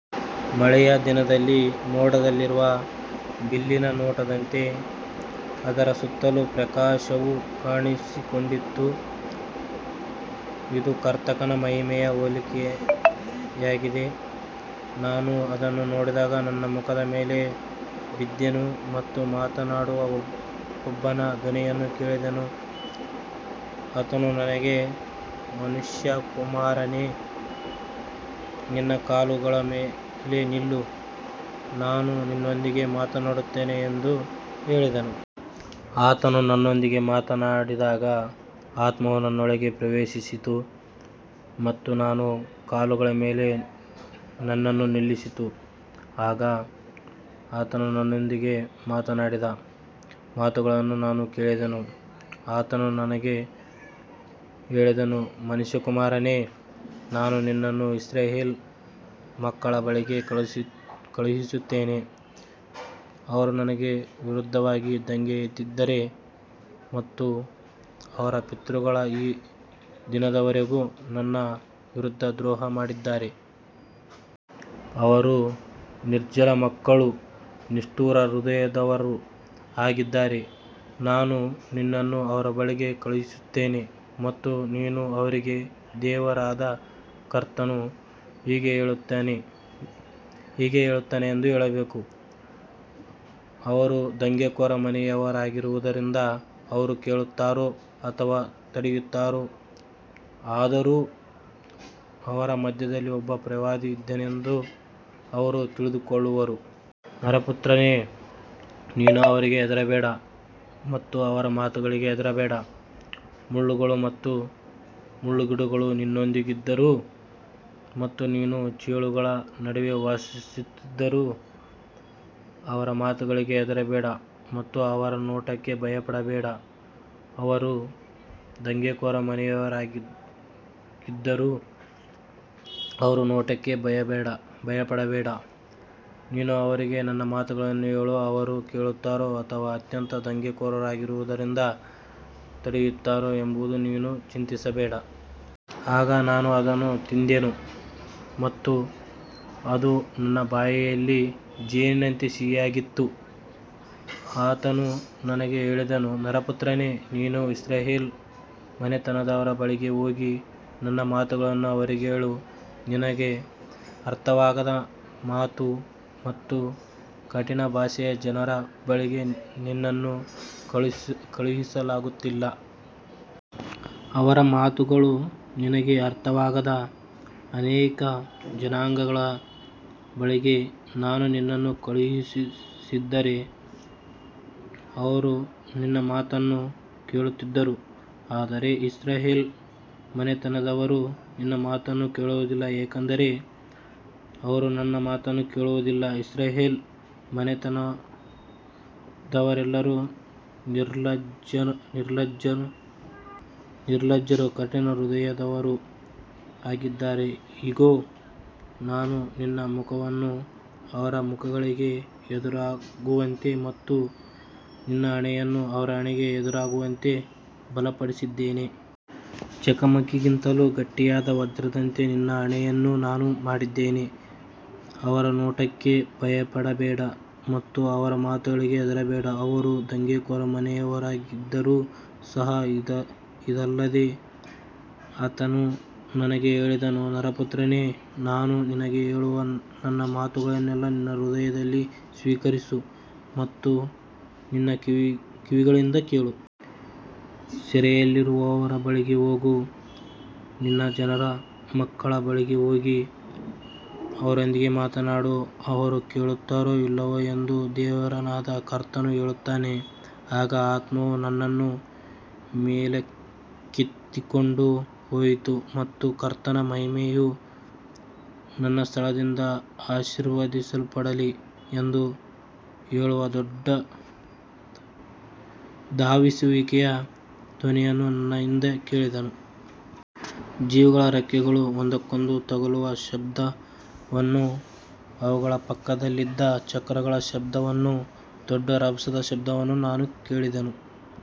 ಮಳೆಯ ದಿನದಲ್ಲಿ ಮೋಡದಲ್ಲಿರುವ ಬಿಲ್ಲಿನ ನೋಟದಂತೆ ಅದರ ಸುತ್ತಲೂ ಪ್ರಕಾಶವು ಕಾಣಿಸಿಕೊಂಡಿತು. ಇದು ಕರ್ತನ ಮಹಿಮೆಯ ಹೋಲಿಕೆಯಾಗಿದೆ. ನಾನು ಅದನ್ನು ನೋಡಿದಾಗ ನನ್ನ ಮುಖದ ಮೇಲೆ ಬಿದ್ದೆನು ಮತ್ತು ಮಾತನಾಡುವ ಒಬ್ಬನ ಧ್ವನಿಯನ್ನು ಕೇಳಿದೆನು. ಆತನು ನನಗೆ, ಮನುಷ್ಯಕುಮಾರನೇ, ನಿನ್ನ ಕಾಲುಗಳ ಮೇಲೆ ನಿಲ್ಲು, ನಾನು ನಿನ್ನೊಂದಿಗೆ ಮಾತನಾಡುತ್ತೇನೆ ಎಂದು ಹೇಳಿದನು. ಆತನು ನನ್ನೊಂದಿಗೆ ಮಾತನಾಡಿದಾಗ ಆತ್ಮವು ನನ್ನೊಳಗೆ ಪ್ರವೇಶಿಸಿತು ಮತ್ತು ನನ್ನ ಕಾಲುಗಳ ಮೇಲೆ ನನ್ನನ್ನು ನಿಲ್ಲಿಸಿತು. ಆಗ ಆತನು ನನ್ನೊಂದಿಗೆ ಮಾತನಾಡಿದ ಮಾತುಗಳನ್ನು ನಾನು ಕೇಳಿದೆನು. ಆತನು ನನಗೆ ಹೇಳಿದನು, ಮನುಷ್ಯಕುಮಾರನೇ, ನಾನು ನಿನ್ನನ್ನು ಇಸ್ರಾಯೇಲ್ ಮಕ್ಕಳ ಬಳಿಗೆ ಕಳುಹಿಸುತ್ತೇನೆ. ಅವರು ನನಗೆ ವಿರುದ್ಧವಾಗಿ ದಂಗೆಯೆದ್ದಿದ್ದಾರೆ ಮತ್ತು ಅವರ ಪಿತೃಗಳು ಈ ದಿನದವರೆಗೂ ನನ್ನ ವಿರುದ್ಧ ದ್ರೋಹ ಮಾಡಿದ್ದಾರೆ. ಅವರು ನಿರ್ಲಜ್ಜ ಮಕ್ಕಳೂ ನಿಷ್ಠುರ ಹೃದಯದವರೂ ಆಗಿದ್ದಾರೆ. ನಾನು ನಿನ್ನನ್ನು ಅವರ ಬಳಿಗೆ ಕಳುಹಿಸುತ್ತೇನೆ ಮತ್ತು ನೀನು ಅವರಿಗೆ, ದೇವರಾದ ಕರ್ತನು ಹೀಗೆ ಹೇಳುತ್ತಾನೆ ಎಂದು ಹೇಳಬೇಕು. ಅವರು ದಂಗೆಕೋರ ಮನೆಯವರಾಗಿರುವುದರಿಂದ ಅವರು ಕೇಳುತ್ತಾರೋ ಅಥವಾ ತಡೆಯುತ್ತಾರೋ, ಆದರೂ ಅವರ ಮಧ್ಯದಲ್ಲಿ ಒಬ್ಬ ಪ್ರವಾದಿ ಇದ್ದನೆಂದು ಅವರು ತಿಳಿದುಕೊಳ್ಳುವರು. ನರಪುತ್ರನೇ, ನೀನು ಅವರಿಗೆ ಹೆದರಬೇಡ ಮತ್ತು ಅವರ ಮಾತುಗಳಿಗೆ ಹೆದರಬೇಡ. ಮುಳ್ಳುಗಳು ಮತ್ತು ಮುಳ್ಳುಗಿಡಗಳು ನಿನ್ನೊಂದಿಗಿದ್ದರೂ ಮತ್ತು ನೀನು ಚೇಳುಗಳ ನಡುವೆ ವಾಸಿಸುತ್ತಿದ್ದರೂ ಅವರ ಮಾತುಗಳಿಗೆ ಹೆದರಬೇಡ ಮತ್ತು ಅವರ ನೋಟಕ್ಕೆ ಭಯಪಡಬೇಡ. ಅವರು ದಂಗೆಕೋರ ಮನೆಯವರಾಗಿದ್ದರೂ ಅವರ ನೋಟಕ್ಕೆ ಭಯಪಡಬೇಡ. ನೀನು ಅವರಿಗೆ ನನ್ನ ಮಾತುಗಳನ್ನು ಹೇಳು, ಅವರು ಕೇಳುತ್ತಾರೋ ಅಥವಾ ಅತ್ಯಂತ ದಂಗೆಕೋರರಾಗಿರುವುದರಿಂದ ತಡೆಯುತ್ತಾರೋ ಎಂಬುದನ್ನು ನೀನು ಚಿಂತಿಸಬೇಡ. ಆಗ ನಾನು ಅದನ್ನು ತಿಂದೆನು ಮತ್ತು ಅದು ನನ್ನ ಬಾಯಿಯಲ್ಲಿ ಜೇನಿನಂತೆ ಸಿಹಿಯಾಗಿತ್ತು. ಆತನು ನನಗೆ ಹೇಳಿದನು, ನರಪುತ್ರನೇ, ನೀನು ಇಸ್ರಾಯೇಲ್ ಮನೆತನದವರ ಬಳಿಗೆ ಹೋಗಿ ನನ್ನ ಮಾತುಗಳನ್ನು ಅವರಿಗೆ ಹೇಳು. ನಿನಗೆ ಅರ್ಥವಾಗದ ಮಾತು ಮತ್ತು ಕಠಿಣ ಭಾಷೆಯ ಜನರ ಬಳಿಗೆ ನಿನ್ನನ್ನು ಕಳುಹಿಸಲಾಗುತ್ತಿಲ್ಲ. ಅವರ ಮಾತುಗಳು ನಿನಗೆ ಅರ್ಥವಾಗದ ಅನೇಕ ಜನಾಂಗಗಳ ಬಳಿಗೆ ನಾನು ನಿನ್ನನ್ನು ಕಳುಹಿಸಿದ್ದರೆ ಅವರು ನಿನ್ನ ಮಾತನ್ನು ಕೇಳುತ್ತಿದ್ದರು. ಆದರೆ ಇಸ್ರಾಯೇಲ್ ಮನೆತನದವರು ನಿನ್ನ ಮಾತನ್ನು ಕೇಳುವುದಿಲ್ಲ, ಏಕೆಂದರೆ ಅವರು ನನ್ನ ಮಾತನ್ನು ಕೇಳುವುದಿಲ್ಲ. ಇಸ್ರಾಯೇಲ್ ಮನೆತನದವರೆಲ್ಲರೂ ನಿರ್ಲಜ್ಜರೂ ಕಠಿಣ ಹೃದಯದವರೂ ಆಗಿದ್ದಾರೆ. ಇಗೋ, ನಾನು ನಿನ್ನ ಮುಖವನ್ನು ಅವರ ಮುಖಗಳಿಗೆ ಎದುರಾಗುವಂತೆ ಮತ್ತು ನಿನ್ನ ಹಣೆಯನ್ನು ಅವರ ಹಣೆಗೆ ಎದುರಾಗುವಂತೆ ಬಲಪಡಿಸಿದ್ದೇನೆ. ಚಕಮಕಿಗಿಂತಲೂ ಗಟ್ಟಿಯಾದ ವಜ್ರದಂತೆ ನಿನ್ನ ಹಣೆಯನ್ನು ನಾನು ಮಾಡಿದ್ದೇನೆ. ಅವರ ನೋಟಕ್ಕೆ ಭಯಪಡಬೇಡ ಮತ್ತು ಅವರ ಮಾತುಗಳಿಗೆ ಹೆದರಬೇಡ, ಅವರು ದಂಗೆಕೋರ ಮನೆಯವರಾಗಿದ್ದರೂ ಸಹ. ಇದಲ್ಲದೆ ಆತನು ನನಗೆ ಹೇಳಿದನು, ನರಪುತ್ರನೇ, ನಾನು ನಿನಗೆ ಹೇಳುವ ನನ್ನ ಮಾತುಗಳನ್ನೆಲ್ಲಾ ನಿನ್ನ ಹೃದಯದಲ್ಲಿ ಸ್ವೀಕರಿಸು ಮತ್ತು ನಿನ್ನ ಕಿವಿಗಳಿಂದ ಕೇಳು. ಸೆರೆಯಲ್ಲಿರುವವರ ಬಳಿಗೆ ಹೋಗು, ನಿನ್ನ ಜನರ ಮಕ್ಕಳ ಬಳಿಗೆ ಹೋಗಿ ಅವರೊಂದಿಗೆ ಮಾತನಾಡು, ಅವರು ಕೇಳುತ್ತಾರೋ ಇಲ್ಲವೋ ಎಂದು ದೇವರಾದ ಕರ್ತನು ಹೇಳುತ್ತಾನೆ. ಆಗ ಆತ್ಮವು ನನ್ನನ್ನು ಮೇಲಕ್ಕೆತ್ತಿಕೊಂಡು ಹೋಯಿತು ಮತ್ತು ಕರ್ತನ ಮಹಿಮೆಯು ತನ್ನ ಸ್ಥಳದಿಂದ ಆಶೀರ್ವದಿಸಲ್ಪಡಲಿ ಎಂದು ಹೇಳುವ ದೊಡ್ಡ ಧಾವಿಸುವಿಕೆಯ ಧ್ವನಿಯನ್ನು ನನ್ನ ಹಿಂದೆ ಕೇಳಿದೆನು. ಜೀವಿಗಳ ರೆಕ್ಕೆಗಳು ಒಂದಕ್ಕೊಂದು ತಗುಲುವ ಶಬ್ದವನ್ನೂ, ಅವುಗಳ ಪಕ್ಕದಲ್ಲಿದ್ದ ಚಕ್ರಗಳ ಶಬ್ದವನ್ನೂ, ದೊಡ್ಡ ರಭಸದ ಶಬ್ದವನ್ನೂ ನಾನು ಕೇಳಿದೆನು.